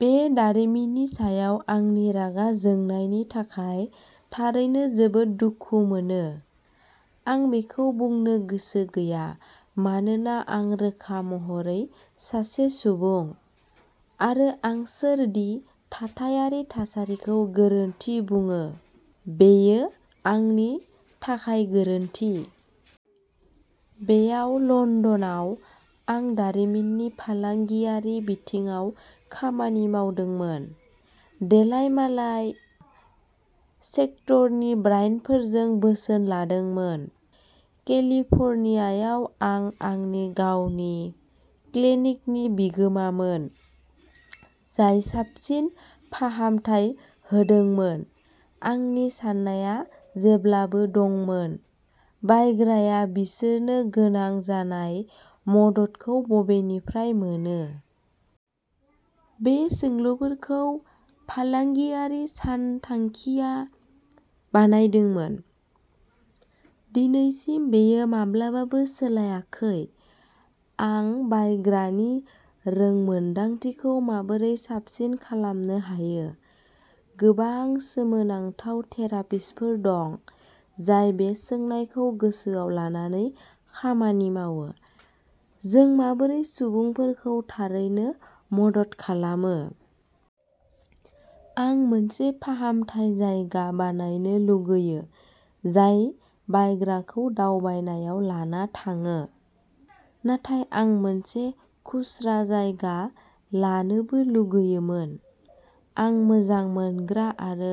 बे दारिमिननि सायाव आंनि रागा जोंनायनि थाखाय थारैनो जोबोद दुखु मोनो। आं बेखौ बुंनो गोसो गैया मानोना आं रोखा महरै सासे सुबुं, आरो आं सोर दि थाथायारि थासारिखौ गोरोन्थि बुङो? बेयो आंनि थाखाय गोरोन्थि। बेयाव लन्दनाव, आं दारिमिननि फालांगियारि बिथिङाव खामानि मावदोंमोन, देलायमालाय सेक्टरनि ब्रान्डफोरजों बोसोन लादोंमोन। केलिफर्नियायाव, आं आंनि गावनि क्लिनिकनि बिगोमामोन, जाय साबसिन फाहामथाय होदोंमोन। आंनि साननाया जेब्लाबो दंमोन, बायग्राया बिसोरनो गोनां जानाय मददखौ बबेनिफ्राय मोनो? बे सोंलुखौनो फालांगियारि सानथांखिआ बानायदोंमोन। दिनैसिम, बेयो माब्लाबाबो सोलायाखै। आं बायग्रानि रोंमोनदांथिखौ माबोरै साबसिन खालामनो हायो? गोबां सोमोनांथाव थेरापिस्टफोर दं, जाय बे सोंनायखौ गोसोआव लानानै खामानि मावो। जों माबोरै सुबुंफोरखौ थारैनो मदद खालामो। आं मोनसे फाहामथाय जायगा बानायनो लुगैयो जाय बायग्राखौ दावबायनायाव लाना थाङो, नाथाय आं मोनसे खुस्रा जायगा लानोबो लुगैयोमोन। आं मोजां मोनग्रा आरो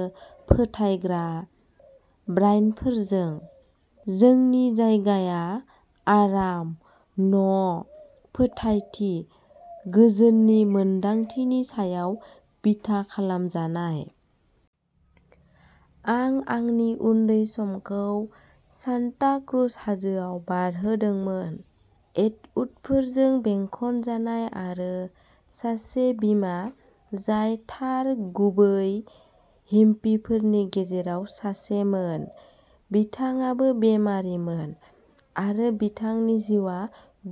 फोथायग्रा ब्रान्डफोरजों। जोंनि जायगाया आराम, न', फोथायथि, गोजोननि मोन्दांथिनि सायाव बिथा खालामजानाय। आं आंनि उन्दै समखौ सान्टा क्रुज हाजोआव बारहोदोंमोन, रेडवुडफोरजों बेंखनजानाय आरो सासे बिमा जाय थार गुबै हिप्पिफोरनि गेजेराव सासेमोन। बिथाङाबो बेरामिमोन, आरो बिथांनि जिउआ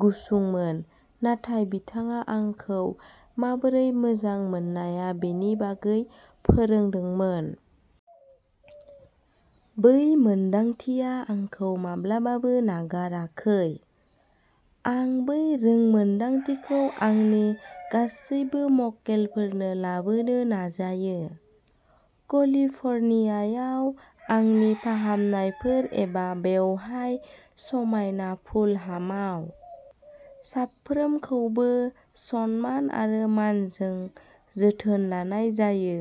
गुसुंमोन, नाथाय बिथाङा आंखौ माबोरै मोजां मोननाया बेनि बागै गोबां फोरोंदोंमोन। बै मोन्दांथिया आंखौ माब्लाबाबो नागाराखै। आं बै रोंमोनदांथिखौ आंनि गासिबो मक्केलफोरनो लाबोनो नाजायो, केलिफर्नियायाव आंनि फाहामनायफोर, एबा बेवहाय समायना फुलहामाव। साफ्रोमखौबो सनमान आरो मानजों जोथोन लानाय जायो,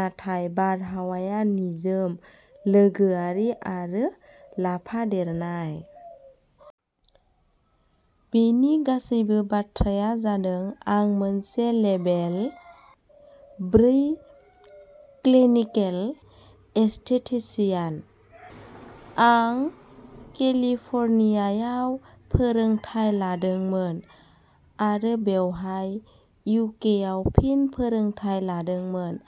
नाथाय बारहावाया निजोम, लोगोआरि, आरो लाफादेरनाय। बेनि गासैबो बाथ्राफोरा जादों आं मोनसे लेभेल ब्रै क्लिनिकेल एस्थेटिसियान। आं केलिफर्नियायाव फोरोंथाय लादोंमोन, आरो बेवहाय इउ. के. आव फिन फोरोंथाय लादोंमोन।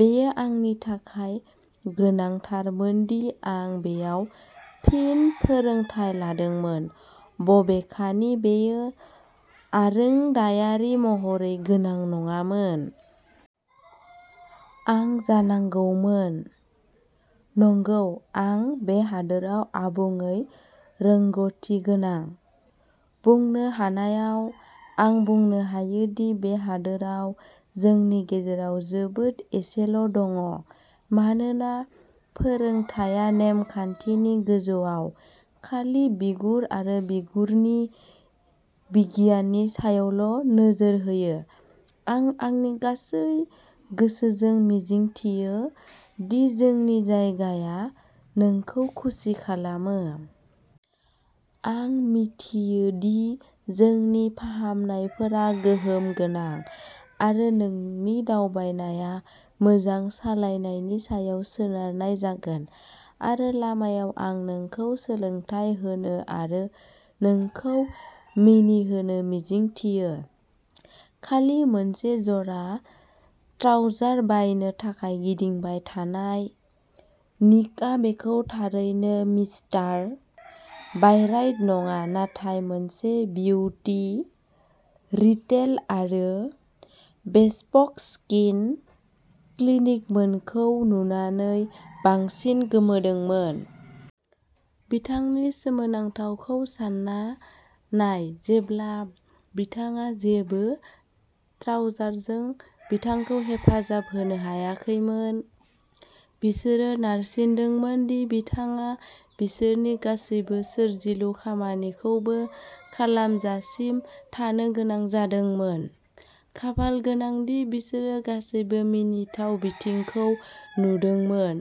बेयो आंनि थाखाय गोनांथारमोनदि आं बेयाव फिन फोरोंथाय लादोंमोन, बबेखानि बेयो आरोंदायारि महरै गोनां नङामोन। आं जानांगौमोन। "नंगौ, आं बे हादोराव आबुङै रोंग'थिगोनां।" बुंनो हानायाव आं बुंनो हायोदि बे हादोराव जोंनि गेजेराव जोबोद एसेल' दं, मानोना फोरोंथाया नेमखान्थिनि गोजौआव, खालि बिगुर आरो बिगुरनि बिगियाननि सायावल' नोजोर होयो। आं आंनि गासै गोसोजों मिजिंथियो, दि जोंनि जायगाया नोंखौ खुसि खालामो। आं मिथियो दि जोंनि फाहामनायफोरा गोहोम गोनां, आरो नोंनि दावबायनाया मोजां सोलायनायनि सायाव सोनारनाय जागोन, आरो लामायाव, आं नोंखौ सोलोंथाय होनो आरो नोंखौ मिनिहोनो मिजिंथियो। खालि मोनसे जरा ट्राउजार बायनो थाखाय गिदिंबाय थानाय, निकआ बेखौ थारैनो मिस्टार बायराइट नङा नाथाय मोनसे बिउटि रिटेल आरो बेस्पक स्किन क्लिनिकमोनखौ नुनानै बांसिन गोमोदोंमोन। बिथांनि सोमोनांथावखौ सानना नाय जेब्ला बिथाङा जेबो ट्राउजारजों बिथांखौ हेफाजाब होनो हायाखैमोन, बिसोरो नारसिनदोंमोन दि बिथाङा बिसोरनि गासैबो सोरजिलु खामानिखौबो खालामजासिम थानो गोनां जादोंमोन। खाफाल गोनां दि बिसोरो गासैबो मिनिथाव बिथिंखौ नुदोंमोन।